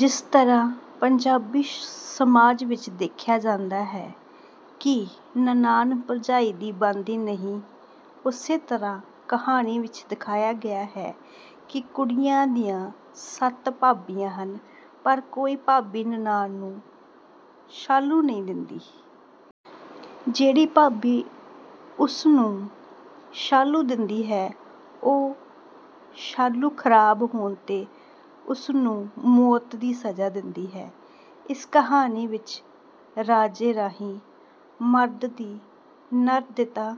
ਜਿਸ ਤਰ੍ਹਾਂ ਪੰਜਾਬੀ ਸਮਾਜ ਵਿਚ ਦੇਖਿਆ ਜਾਂਦਾ ਹੈ ਕਿ ਨਨਾਣ-ਭਰਜਾਈ ਦੀ ਬਣਦੀ ਨਹੀਂ, ਉਸੇ ਤਰ੍ਹਾਂ ਕਹਾਣੀ ਵਿਚ ਦਿਖਾਇਆ ਗਿਆ ਹੈ ਕਿ ਕੁੜੀਆਂ ਦੀਆਂ ਸੱਤ ਭਾਬੀਆਂ ਹਨ। ਪਰ ਕੋਈ ਭਾਬੀ ਨਨਾਣ ਨੂੰ ਸਾਲੂ ਨਹੀਂ ਦਿੰਦੀ। ਜਿਹੜੀ ਭਾਬੀ ਉਸਨੂੰ ਸਾਲੂ ਦਿੰਦੀ ਹੈ, ਉਹ ਸਾਲੂ ਖ਼ਰਾਬ ਹੋਣ ’ਤੇ ਉਸਨੂੰ ਮੌਤ ਦੀ ਸਜ਼ਾ ਦਿੰਦੀ ਹੈ। ਇਸ ਕਹਾਣੀ ਵਿਚ ਰਾਜੇ ਰਾਹੀਂ ਮਰਦ ਦੀ ਨਿਰਦੈਤਾ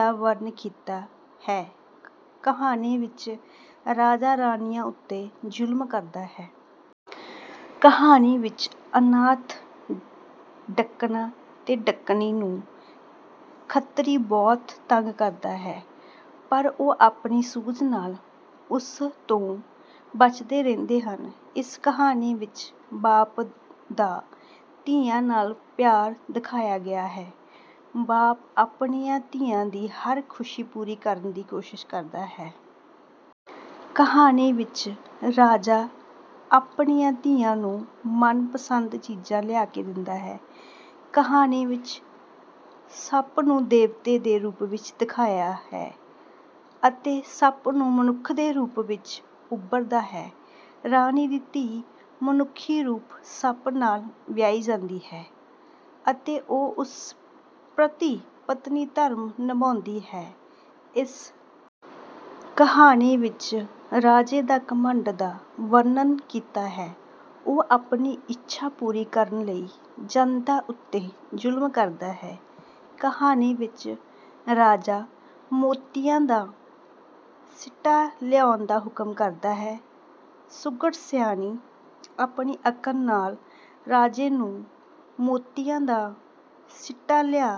ਦਾ ਵਰਣਨ ਕੀਤਾ ਹੈ। ਕਹਾਣੀ ਵਿਚ ਰਾਜਾ ਰਾਣੀਆਂ ਉੱਤੇ ਜ਼ੁਲਮ ਕਰਦਾ ਹੈ। ਕਹਾਣੀ ਵਿਚ ਅਨਾਥ ਢੱਕਣਾ ਤੇ ਢੱਕਣੀ ਨੂੰ ਖੱਤਰੀ ਬਹੁਤ ਤੰਗ ਕਰਦਾ ਹੈ। ਪਰ ਉਹ ਆਪਣੀ ਸੂਝ ਨਾਲ ਉਸ ਤੋਂ ਬਚਦੇ ਰਹਿੰਦੇ ਹਨ। ਇਸ ਕਹਾਣੀ ਵਿਚ ਬਾਪ ਦਾ ਧੀਆਂ ਨਾਲ ਪਿਆਰ ਦਿਖਾਇਆ ਗਿਆ ਹੈ। ਬਾਪ ਆਪਣੀਆਂ ਧੀਆਂ ਦੀ ਹਰ ਖੁਸ਼ੀ ਪੂਰੀ ਕਰਨ ਦੀ ਕੋਸ਼ਿਸ਼ ਕਰਦਾ ਹੈ। ਕਹਾਣੀ ਵਿਚ ਰਾਜਾ ਆਪਣੀਆਂ ਧੀਆਂ ਨੂੰ ਮਨਪਸੰਦ ਚੀਜ਼ਾਂ ਲਿਆ ਕੇ ਦਿੰਦਾ ਹੈ। ਕਹਾਣੀ ਵਿਚ ਸੱਪ ਨੂੰ ਦੇਵਤੇ ਦੇ ਰੂਪ ਵਿਚ ਦਿਖਾਇਆ ਹੈ ਅਤੇ ਸੱਪ ਮਨੁੱਖ ਦੇ ਰੂਪ ਵਿਚ ਉਭਰਦਾ ਹੈ। ਰਾਣੀ ਦੀ ਧੀ ਮਨੁੱਖੀ ਰੂਪੀ ਸੱਪ ਨਾਲ ਵਿਆਹੀ ਜਾਂਦੀ ਹੈ ਅਤੇ ਉਹ ਉਸ ਪ੍ਰਤੀ ਪਤਨੀ ਧਰਮ ਨਿਭਾਉਂਦੀ ਹੈ। ਇਸ ਕਹਾਣੀ ਵਿਚ ਰਾਜੇ ਦੇ ਘਮੰਡ ਦਾ ਵਰਣਨ ਕੀਤਾ ਹੈ। ਉਹ ਆਪਣੀ ਇੱਛਾ ਪੂਰੀ ਕਰਨ ਲਈ ਜਨਤਾ ਉੱਤੇ ਜ਼ੁਲਮ ਕਰਦਾ ਹੈ। ਕਹਾਣੀ ਵਿਚ ਰਾਜਾ ਮੋਤੀਆਂ ਦਾ ਸਿੱਟਾ ਲਿਆਉਣ ਦਾ ਹੁਕਮ ਕਰਦਾ ਹੈ। ਸੁਘੜ-ਸਿਆਣੀ ਆਪਣੀ ਅਕਲ ਨਾਲ ਰਾਜੇ ਨੂੰ ਮੋਤੀਆਂ ਦਾ ਸਿੱਟਾ ਲਿਆ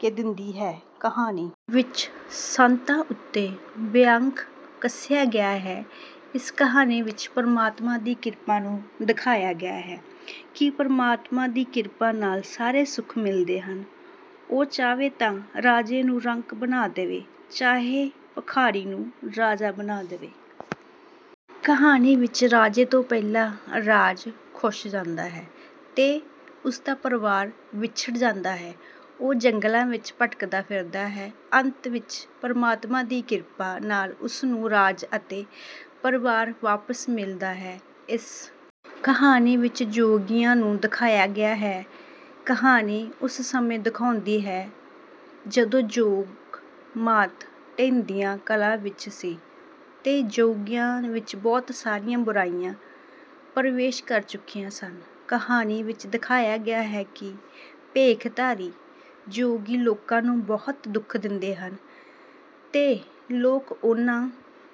ਕੇ ਦਿੰਦੀ ਹੈ। ਕਹਾਣੀ ਵਿੱਚ ਸੰਤਾਂ ਉੱਤੇ ਵਿਅੰਗ ਕੱਸਿਆ ਗਿਆ ਹੈ। ਇਸ ਕਹਾਣੀ ਵਿਚ ਪਰਮਾਤਮਾ ਦੀ ਕਿਰਪਾ ਨੂੰ ਦਿਖਾਇਆ ਗਿਆ ਹੈ ਕਿ ਪਰਮਾਤਮਾ ਦੀ ਕਿਰਪਾ ਨਾਲ ਸਾਰੇ ਸੁੱਖ ਮਿਲਦੇ ਹਨ। ਉਹ ਚਾਵੇ ਤਾਂ ਰਾਜੇ ਨੂੰ ਰੰਕ ਬਣਾ ਦੇਵੇ, ਚਾਹੇ ਭਿਖਾਰੀ ਨੂੰ ਰਾਜਾ ਬਣਾ ਦੇਵੇ। ਕਹਾਣੀ ਵਿਚ ਰਾਜੇ ਤੋਂ ਪਹਿਲਾਂ ਰਾਜ ਖੁੱਸ ਜਾਂਦਾ ਹੈ ਤੇ ਉਸਦਾ ਪਰਿਵਾਰ ਵਿਛੜ ਜਾਂਦਾ ਹੈ। ਉਹ ਜੰਗਲਾਂ ਵਿਚ ਭਟਕਦਾ ਫਿਰਦਾ ਹੈ। ਅੰਤ ਵਿਚ ਪਰਮਾਤਮਾ ਦੀ ਕਿਰਪਾ ਨਾਲ ਉਸਨੂੰ ਰਾਜ ਅਤੇ ਪਰਿਵਾਰ ਵਾਪਸ ਮਿਲਦਾ ਹੈ। ਇਸ ਕਹਾਣੀ ਵਿਚ ਜੋਗੀਆਂ ਨੂੰ ਦਿਖਾਇਆ ਗਿਆ ਹੈ। ਕਹਾਣੀ ਉਸ ਸਮੇਂ ਨੂੰ ਦਿਖਾਉਂਦੀ ਹੈ ਜਦੋਂ ਜੋਗ ਮਤ ਢਹਿੰਦੀਆਂ ਕਲਾਂ ਵਿਚ ਸੀ ਤੇ ਜੋਗੀਆਂ ਵਿਚ ਬਹੁਤ ਸਾਰੀਆਂ ਬੁਰਾਈਆਂ ਪ੍ਰਵੇਸ਼ ਕਰ ਚੁੱਕੀਆਂ ਸਨ। ਕਹਾਣੀ ਵਿਚ ਦਿਖਾਇਆ ਗਿਆ ਹੈ ਕਿ ਭੇਖਧਾਰੀ ਜੋਗੀ ਲੋਕਾਂ ਨੂੰ ਬਹੁਤ ਦੁੱਖ ਦਿੰਦੇ ਹਨ ਤੇ ਲੋਕ ਉਨ੍ਹਾਂ...